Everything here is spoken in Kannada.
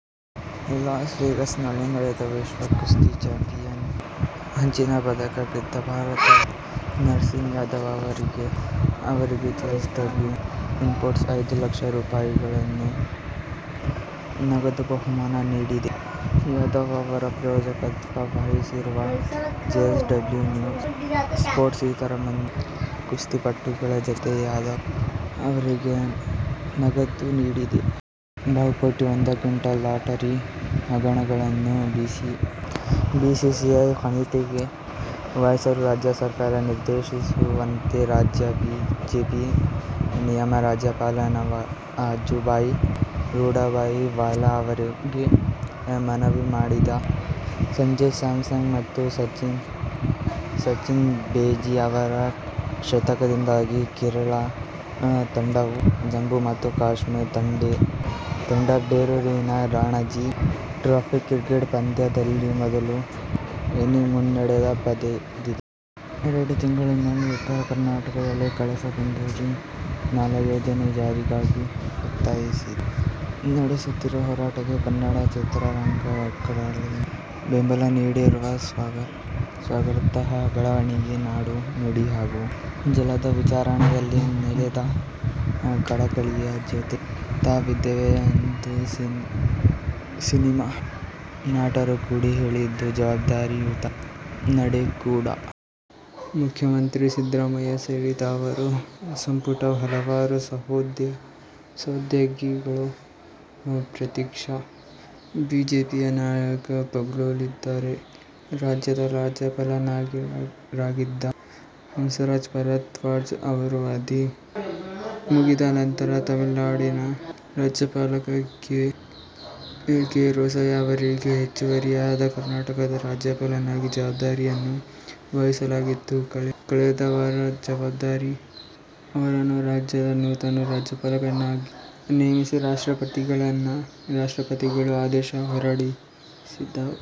ಲಾಸ್ ವೇಗಾಸ್ನಲ್ಲಿ ನಡೆದ ವಿಶ್ವ ಕುಸ್ತಿ ಚಾಂಪಿಯನ್ಶಿಪ್ನಲ್ಲಿ ಕಂಚಿನ ಪದಕ ಗೆದ್ದ ಭಾರತದ ನರಸಿಂಗ್ ಯಾದವ್ ಅವರಿಗೆ ಜೆಎಸ್ಡಬ್ಲ್ಯು ನ್ಪೋರ್ಟ್ಸ್ ಐದು ಲಕ್ಷ ರೂ. ಗಳ ನಗದು ಬಹುಮಾನ ನೀಡಿದೆ. ಯಾದವ್ ಅವರ ಪ್ರಾಯೋಜಕತ್ವ ವಹಿಸಿರುವ ಜೆಎಸ್ಡಬ್ಲ್ಯು ನ್ಪೋರ್ಟ್ಸ್ ಇತರ ಮಂದಿ ಕುಸ್ತಿಪಟುಗಳ ಜತೆ ಯಾದವ್ ಅವರಿಗೆ ನಗದು ನೀಡಿದೆ. ಬಹುಕೋಟಿ ಒಂದಂಕಿ ಲಾಟರಿ ಹಗರಣವನ್ನು ಸಿಬಿಐ ತನಿಖೆಗೆ ವಹಿಸಲು ರಾಜ್ಯ ಸರ್ಕಾರಕ್ಕೆ ನಿರ್ದೇಶಿಸುವಂತೆ ರಾಜ್ಯ ಬಿಜೆಪಿ ನಿಯೋಗ ರಾಜ್ಯಪಾಲ ವಜು ಭಾಯಿ ರೂಢಭಾಯಿ ವಾಲಾ ಅವರಿಗೆ ಮನವಿ ಮಾಡಿದೆ. ಸಂಜು ಸ್ಯಾಮ್ಸನ್ ಮತ್ತು ಸಚಿನ್ ಬೇಬಿ ಅವರ ಶತಕದಿಂದಾಗಿ ಕೇರಳ ತಂಡವು ಜಮ್ಮು ಮತ್ತು ಕಾಶ್ಮೀರ ತಂಡದೆದುರಿನ ರಣಜಿ ಟ್ರೋಫಿ ಕ್ರಿಕೆಟ್ ಪಂದ್ಯದಲ್ಲಿ ಮೊದಲ ಇನ್ನಿಂಗ್ಸ್ ಮುನ್ನಡೆ ಪಡೆದಿದೆ. ಎರಡು ತಿಂಗಳಿನಿಂದ ಉತ್ತರ ಕರ್ನಾಟಕದಲ್ಲಿ ಕಳಸಾ-ಬಂಡೂರಿ ನಾಲಾ ಯೋಜನೆ ಜಾರಿಗಾಗಿ ಒತ್ತಾಯಿಸಿ ನಡೆಸುತ್ತಿರುವ ಹೋರಾಟಕ್ಕೆ ಕನ್ನಡ ಚಿತ್ರರಂಗ ಒಕ್ಕೊರಲಿನ ಬೆಂಬಲ ನೀಡಿರುವುದು ಸ್ವಾಗತಾರ್ಹ ಬೆಳವಣಿಗೆ. ನಾಡು, ನುಡಿ ಹಾಗೂ ಜಲದ ವಿಚಾರದಲ್ಲಿ ಈ ನೆಲದ ಕಳಕಳಿಯ ಜೊತೆ ತಾವಿದ್ದೇವೆ ಎಂದು ಸಿನಿಮಾ ನಟರು ಕೂಗಿ ಹೇಳಿದ್ದು ಜವಾಬ್ದಾರಿಯುತ ನಡೆ ಕೂಡ. ಮುಖ್ಯಮಂತ್ರಿ ಸಿದ್ದರಾಮಯ್ಯ ಸೇರಿದಂತೆ ಅವರ ಸಂಪುಟದ ಹಲವು ಸಹೋದ್ಯೋಗಿ ಗಳು, ಪ್ರತಿಪಕ್ಷ ಬಿಜೆಪಿಯ ನಾಯಕರು ಪಾಲ್ಗೊಳ್ಳಲಿದ್ದಾರೆ. ರಾಜ್ಯದ ರಾಜ್ಯಪಾಲರಾಗಿದ್ದ ಹಂಸರಾಜ್ ಭಾರದ್ವಾಜ್ ಅವರ ಅವಧಿ ಮುಗಿದ ನಂತರ ತಮಿಳುನಾಡಿನ ರಾಜ್ಯಪಾಲ ಕೆ. ರೋಸಯ್ಯ ಅವರಿಗೆ ಹೆಚ್ಚುವರಿಯಾಗಿ ಕರ್ನಾಟಕದ ರಾಜ್ಯಪಾಲರ ಜವಾಬ್ದಾರಿಯನ್ನು ವಹಿಸಲಾಗಿತ್ತು. ಕಳೆದ ವಾರ ವಜುಭಾಯಿ ಅವರನ್ನು ರಾಜ್ಯದ ನೂತನ ರಾಜ್ಯಪಾಲರನ್ನಾಗಿ ನೇಮಿಸಿ ರಾಷ್ಟ್ರಪತಿಗಳು ಆದೇಶ ಹೊರಡಿಸಿದ್ದರು.